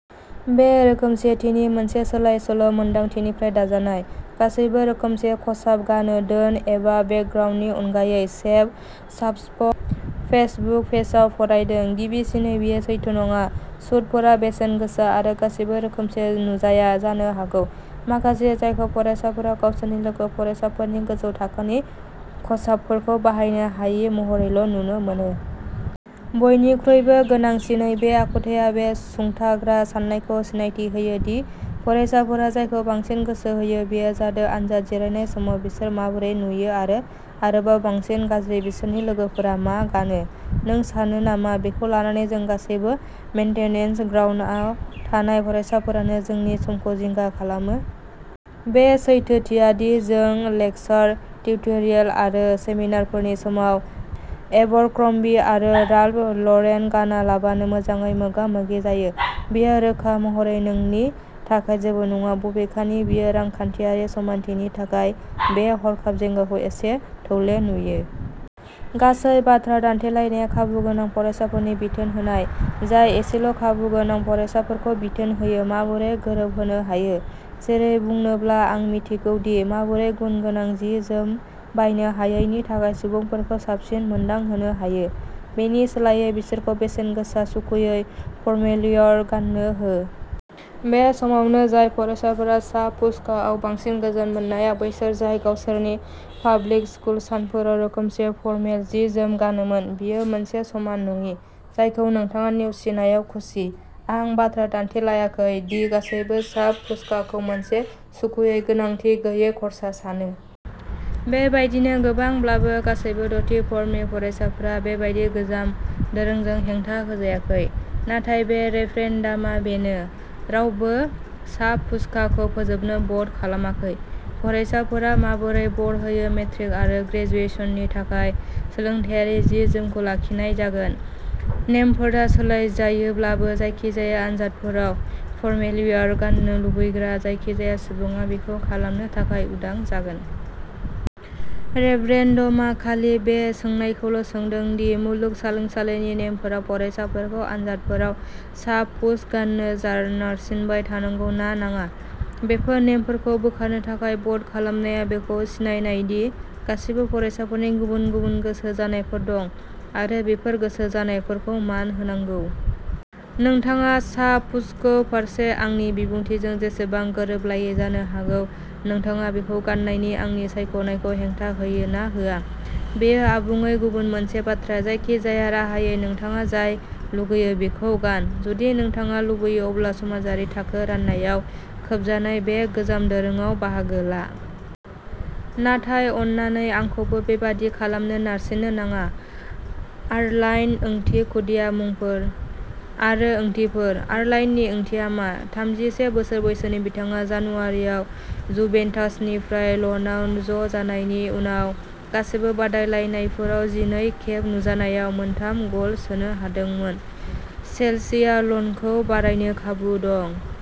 बे रोखोमसेथिनि मोनसे सोलाय-सोल' मोनदांथिनिफ्राय दाजानाय। गासैबो रोखोमसे खसाब गानो, धोन एबा बेकग्राउन्डनि अनगायै सेभ साबफस्क फेसबुक पेजआव फरायदों। गिबिसिनै, बेयो सैथो नङा सुटफोरा बेसेन गोसा आरो गासैबो रोखोमसे नुजाया जानो हागौ माखासे जायखौ फरायसाफोरा गावसोरनि लोगो फरायसाफोरनि गोजौ थाखोनि खसाबफोरखौ बायनो हायि महरैल' नुनो मोनो। बयनिख्रुइबो गोनांसिनै, बे आखुथाया बे सुंथाग्रा सान्नायखौ सिनायथि होयो दि फरायसाफोरा जायखौ बांसिन गोसो होयो बेयो जादों आनजाद जिरायनाय समाव बिसोर माबोरै नुयो आरो, आरोबाव बांसिन गाज्रि, बिसोरनि लोगोफोरा मा गानो। नों सानो नामा बेखौ लानानै जों गासैबो मेंटेनेन्स ग्रान्टआव थानाय फरायसाफोरानो जोंनि समखौ जिंगा खालामो? बे सैथोथिया दि जों लेकचार, टिउटरियेल आरो सेमिनारफोरनि समाव एबरक्र'म्बी आरो राल्फ लरेन गानालाबानो मोजाङै मोगा-मोगि जायो, बेयो रोखा महरै नोंनि थाखाय जेबो नङा बबेखानि बेयो रांखान्थियारि समानथिनि थाखाय बे हरखाब जिंगाखौ एसे थौले नुयो। गासै बाथ्रा दान्थेलायनाया खाबु गोनां फरायसाफोरनि बिथोन होनाय, जाय एसेल' खाबु गोनां फरायसाफोरखौ बिथोन होयो। माबोरै गोरोबहोनो हायो, जेरै बुंनोब्ला आं मिन्थिगौ दि माबोरै गुनगोनां जि-जोम बायनो हायैनि थाखाय सुबुंफोरखौ साबसिन मोनदांहोनो हायो; बेनि सोलायै बिसोरखौ बेसेन गोसा, सुखुयै, फरमेलवेयार गान्नो हो। बे समावनो, जाय फरायसाफोरा साब-फुसकाआव बांसिन गोजोन मोननाया बैसोर जाय गावसोरनि पाब्लिक-स्कुल सानफोराव रोखोमसे फरमेल जि-जोम गानोमोन, बेयो मोनसे समान नङि जायखौ नोंथाङा नेवसिनायाव खुसि। आं बाथ्रा दानथेलायाखै दि गासैबो साब-फुसकाखौ मोनसे सुखुयै, गोनांथि गैयै खर्सा सानो। बेबायदिनो, गोबांब्लाबो, गासैबो द'थि फर्मनि फरायसाफ्रा बेबादि गोजाम दोरोंजों हेंथा होजायाखै। नाथाय बे रेफरेन्डामआ बेनो। रावबो साब-फुसकाखौ फोजोबनो भ'ट खालामाखै। फरायसाफोरा माबोरै भ'ट होयो, मेट्रिक आरो ग्रेजुएशननि थाखाय सोलोंथायारि जि-जोमखौ लाखिनाय जागोन। नेमफोरा सोलायजायोब्लाबो, जायखिजाया आनजादफोराव फरमेलवेयार गान्नो लुबैग्रा जायखिजाया सुबुङा बेखौ खालामनो थाखाय उदां जागोन। रेफरेन्डमआ खालि बे सोंनायखौल' सोंदों दि मुलुगसोलोंसालिनि नेमफोरा फरायसाफोरखौ आनजादफोराव साब फुस्क गान्नो नारसिनबाय थानांगौ ना नाङा। बेफोर नेमफोरखौ बोखारनो थाखाय भ'ट खालामनाया बेखौ सिनायनाय दि गासिबो फरायसाफोरनि गुबुन गुबुन गोसो जानायफोर दं, आरो बेफोर गोसो जानायफोरखौ मान होनांगौ। नोंथाङा साब फुस्कनि फारसे आंनि बिबुंथिजों जेसेबां गोरोबलायै जानो हागौ, नोंथाङा बेखौ गान्नायनि आंनि सायख'नायखौ हेंथा होयो ना होआ, बेयो आबुङै गुबुन मोनसे बाथ्रा। जायखिजाया राहायै नोंथाङा जाय लुगैयो बेखौ गान। जुदि नोंथाङा लुबैयो अब्ला समाजारि थाखो राननायाव खोबजानाय बे गोजाम दोरोंआव बाहागो ला। नाथाय अन्नानै, आंखौबो बेबादि खालामनो नारसिननो नाङा। आर्लाइन ओंथि खुदिया मुंफोर आरो ओंथिफोर। आर्लाइननि ओंथिया मा? थामजिसे बोसोर बैसोनि बिथाङा जानुवारिआव जुभेन्टासनिफ्राय ल'नआव ज'जानायनि उनाव गासिबो बादायलायनायफोराव जिनै खेब नुजानायाव मोनथाम गल सोनो हादोंमोन। चेल्सिया ल'नखौ बारायनो खाबु दं।